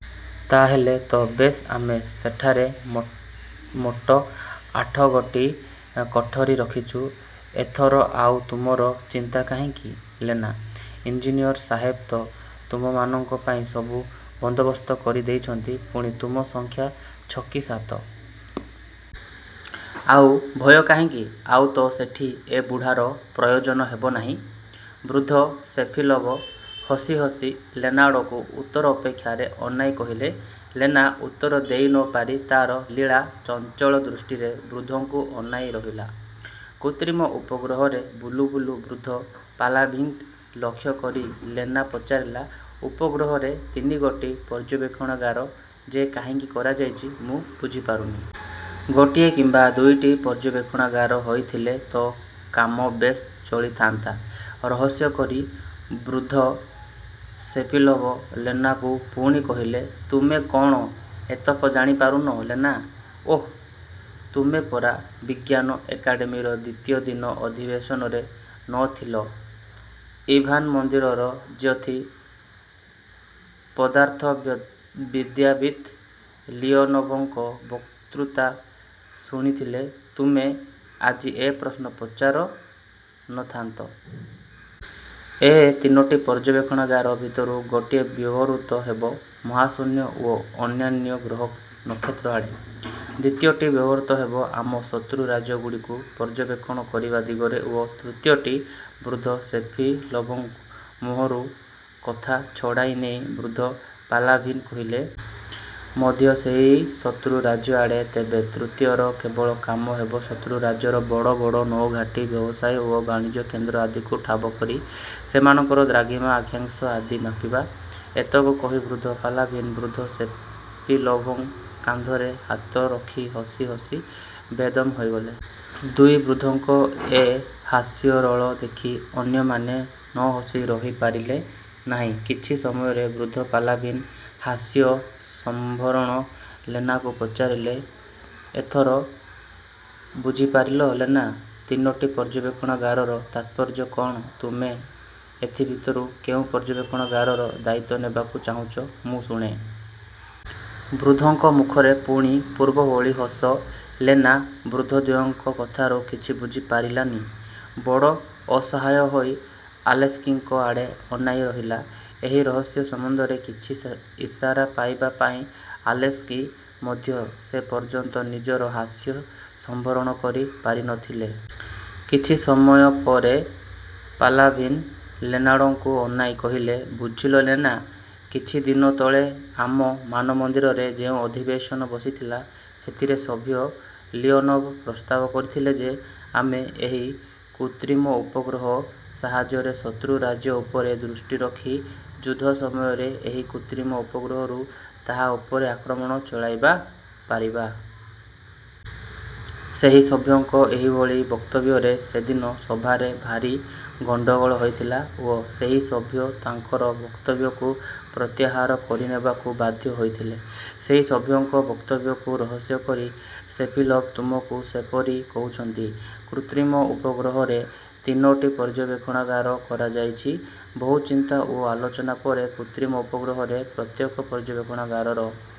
'' ''ତା' ହେଲେ ତ ବେଶ୍ ଆମେ ସେଠାରେ ମୋଟ ଆଠଗୋଟି କୋଠରି ରଖିଛୁ। '' ''ଏଥର ଆଉ ତୁମର ଚିନ୍ତା କାହିଁକି ଲେନା? '' ଇଞ୍ଜିନିଅର୍ ସାହେବ ତ ତୁମ୍ଭମାନଙ୍କ ପାଇଁ ସବୁ ବନ୍ଦୋବସ୍ତ କରି ଦେଇଛନ୍ତି। ପୁଣି ତୁମ ସଂଖ୍ୟା ଛ'କି ସାତ। ଆଉ ଭୟ କାହିଁକି? ଆଉ ତ ସେଠି ଏ ବୁଢ଼ାର ପ୍ରୟୋଜନ ହେବ ନାହିଁ? '' ବୃଦ୍ଧ ସେପିଲୋଭ୍ ହସି ହସି ଲେନାଆଡ଼କୁ ଉତ୍ତର ଅପେକ୍ଷାରେ ଅନାଇ କହିଲେ। ଲେନା ଉତ୍ତର ଦେଇ ନ ପାରି ତା'ର ଲୀଳା-ଚଞ୍ଚଳ ଦୃଷ୍ଟିରେ ବୃଦ୍ଧଙ୍କୁ ଅନାଇ ରହିଲା। କୃତ୍ରିମ ଉପଗ୍ରହରେ ବୁଲୁ ବୁଲୁ ବୃଦ୍ଧ ପାଲାଭିନ୍ଙ୍କୁ ଲକ୍ଷ୍ୟ କରି ଲେନା ପଚାରିଲା-''ଉପଗ୍ରହରେ ତିନିଗୋଟି ପର୍ଯ୍ୟବେକ୍ଷଣାଗାର ଯେ କାହିଁକି କରାଯାଇଛି, ମୁଁ ବୁଝିପାରୁନି-। ଗୋଟିଏ କିମ୍ୱା ଦୁଇଟି ପର୍ଯ୍ୟବେକ୍ଷଣାଗାର ହୋଇଥିଲେ ତ କାମ ବେଶ୍ ଚଳିଥାନ୍ତା-? '' ରହସ୍ୟ କରି ବୃଦ୍ଧ ସେପିଲୋଭ୍ ଲେନାକୁ ପୁଣି କହିଲେ-''ତୁମେ କ'ଣ ଏତକ ଜାଣିପାରୁନ ଲେନା? ଓହୋ, ତୁମେ ପରା ବିଜ୍ଞାନ ଏକାଡେମୀର ଦ୍ୱିତୀୟ ଦିନ ଅଧିବେଶନରେ ନ ଥିଲ? ଇଭ୍ମାନମନ୍ଦିରର ଜ୍ୟୋତିଃ-ପଦାର୍ଥବିଦ୍ୟାବିତ୍ ଲିଓନୋଭଙ୍କ ବକ୍ତୃତା ଶୁଣିଥିଲେ, ତୁମେ ଆଜି ଏ ପ୍ରଶ୍ନ ପଚାରି ନ ଥାନ୍ତ। ଏ ତିନୋଟି ପର୍ଯ୍ୟବେକ୍ଷଣାଗାର ଭିତରୁ ଗୋଟିଏ ବ୍ୟବହୃତ ହେବ ମହାଶୂନ୍ୟ ଓ ଅନ୍ୟାନ୍ୟ ଗ୍ରହ ନକ୍ଷତ୍ରଆଡ଼େ। ଦ୍ୱିତୀୟଟି ବ୍ୟବହୃତ ହେବ ଆମ ଶତ୍ରୁ ରାଜ୍ୟଗୁଡ଼ିକୁ ପର୍ଯ୍ୟବେକ୍ଷଣ କରିବା ଦିଗରେ ଓ ତୃତୀୟଟି '' ବୃଦ୍ଧ ସେପିଲୋଭ୍ଙ୍କ ମୁହଁରୁ କଥା ଛଡ଼ାଇ ନେଇ ବୃଦ୍ଧ ପାଲାଭିନ୍ କହିଲେ, '' ମଧ୍ୟ ସେଇ ଶତ୍ରୁ ରାଜ୍ୟଆଡ଼େ। ତେବେ ତୃତୀୟର କେବଳ କାମ ହେବ ଶତ୍ରୁରାଜ୍ୟର ବଡ଼ ବଡ଼ ନୌଘାଟି, ବ୍ୟବସାୟ ଓ ବାଣିଜ୍ୟ କେନ୍ଦ୍ର ଆଦିକୁ ଠାବ କରି ସେମାନଙ୍କର ଦ୍ରାଘିମା ଆକ୍ଷାଂଶ ଆଦି ମାପିବା। '' ଏତକ କହି ବୃଦ୍ଧ ପାଲାଭିନ୍ ବୃଦ୍ଧ ସେପିଲୋଭ୍ଙ୍କ କାନ୍ଧରେ ହାତ ରଖି ହସି ହସି ବେଦମ୍ ହୋଇଗଲେ। ଦୁଇ ବୃଦ୍ଧଙ୍କ ଏ ହାସ୍ୟରୋଳ ଦେଖି ଅନ୍ୟମାନେ ନହସି ରହି ପାରିଲେ ନାହିଁ। କିଛି ସମୟପରେ ବୃଦ୍ଧ ପାଲାଭିନ୍ ହାସ୍ୟ ସମ୍ୱରଣ ଲେନାକୁ ପଚାରିଲେ, ''ଏଥର ବୁଝିପାରିଲ ଲେନା, ତିନୋଟି ପର୍ଯ୍ୟବେଣାଗାରର ତାତ୍ପର୍ଯ୍ୟ କଅଣ? ତୁମେ ଏଥିଭିତରୁ କେଉଁ ପର୍ଯ୍ୟବେକ୍ଷଣାଗାରର ଦାୟିତ୍ୱ ନେବାକୁ ଚାହୁଁଛ ମୁଁ ଶୁଣେ। '' ବୃଦ୍ଧଙ୍କ ମୁଖରେ ପୁଣି ପୂର୍ବଭଳି ହସ। ଲେନା ବୃଦ୍ଧଦ୍ୱୟଙ୍କ। କଥାରୁ କିଛି ବୁଝିପାରିଲାନି। ବଡ଼ ଅସହାୟ ହୋଇ ଆଲେସ୍କିଙ୍କ ଆଡ଼େ ଅନାଇ ରହିଲା ଏହି ରହସ୍ୟ ସମ୍ୱନ୍ଧରେ କିଛି ଇସାରା ପାଇବା ପାଇଁ। ଆଲେସ୍କି ମଧ୍ୟ ସେ ପର୍ଯ୍ୟନ୍ତ ନିଜର ହାସ୍ୟ ସମ୍ୱରଣ କରି ପାରି ନ ଥିଲେ। କିଛି ସମୟ ପରେ ପାଲାଭିନ୍ ଲେନାଙ୍କଆଡ଼କୁ ଅନାଇ କହିଲେ-''ବୁଝିଲ ଲେନା, କିଛିଦିନ ତଳେ ଆମ ମାନମନ୍ଦିରରେ ଯେଉଁ ଅଧିବେଶନ ବସିଥିଲା, ସେଥିରେ ସଭ୍ୟ ଲିଓନୋଭ୍ ପ୍ରସ୍ତାବ କରିଥିଲେ ଯେ, ଆମେ ଏହି କୃତ୍ରିମ ଉପଗ୍ରହ ସାହାଯ୍ୟରେ ଶତ୍ରୁ ରାଜ୍ୟ ଉପରେ ଦୃଷ୍ଟି ରଖି ଯୁଦ୍ଧ ସମୟରେ ଏହି କୃତ୍ରିମ ଉପଗ୍ରହରୁ ତାହା ଉପରେ ଆକ୍ରମଣ ଚଳାଇ ପାରିବା। ସେହି ସଭ୍ୟଙ୍କ ଏଭଳି ବକ୍ତବ୍ୟରେ ସେଦିନ ସଭାରେ ଭାରି ଗଣ୍ଡଗୋଳ ହୋଇଥିଲା ଓ ସେହି ସଭ୍ୟ ତାଙ୍କର ବକ୍ତବ୍ୟକୁ ପ୍ରତ୍ୟାହାର କରିନେବାକୁ ବାଧ୍ୟ ହୋଇଥିଲେ। ସେଇ ସଭ୍ୟଙ୍କ ବକ୍ତବ୍ୟକୁ ରହସ୍ୟ କରି ସେପିଲୋଭ୍ ତୁମକୁ ସେପରି କହୁଛନ୍ତି। କୃତ୍ରିମ ଉପଗ୍ରହରେ ତିନୋଟି ପର୍ଯ୍ୟବେକ୍ଷଣାଗାର କରାଯାଇଛି ବହୁ ଚିନ୍ତା ଓ ଆଲୋଚନା ପରେ। କୃତ୍ରିମ ଉପଗ୍ରହରେ ପ୍ରତ୍ୟେକ ପର୍ଯ୍ୟବେକ୍ଷଣାଗାରର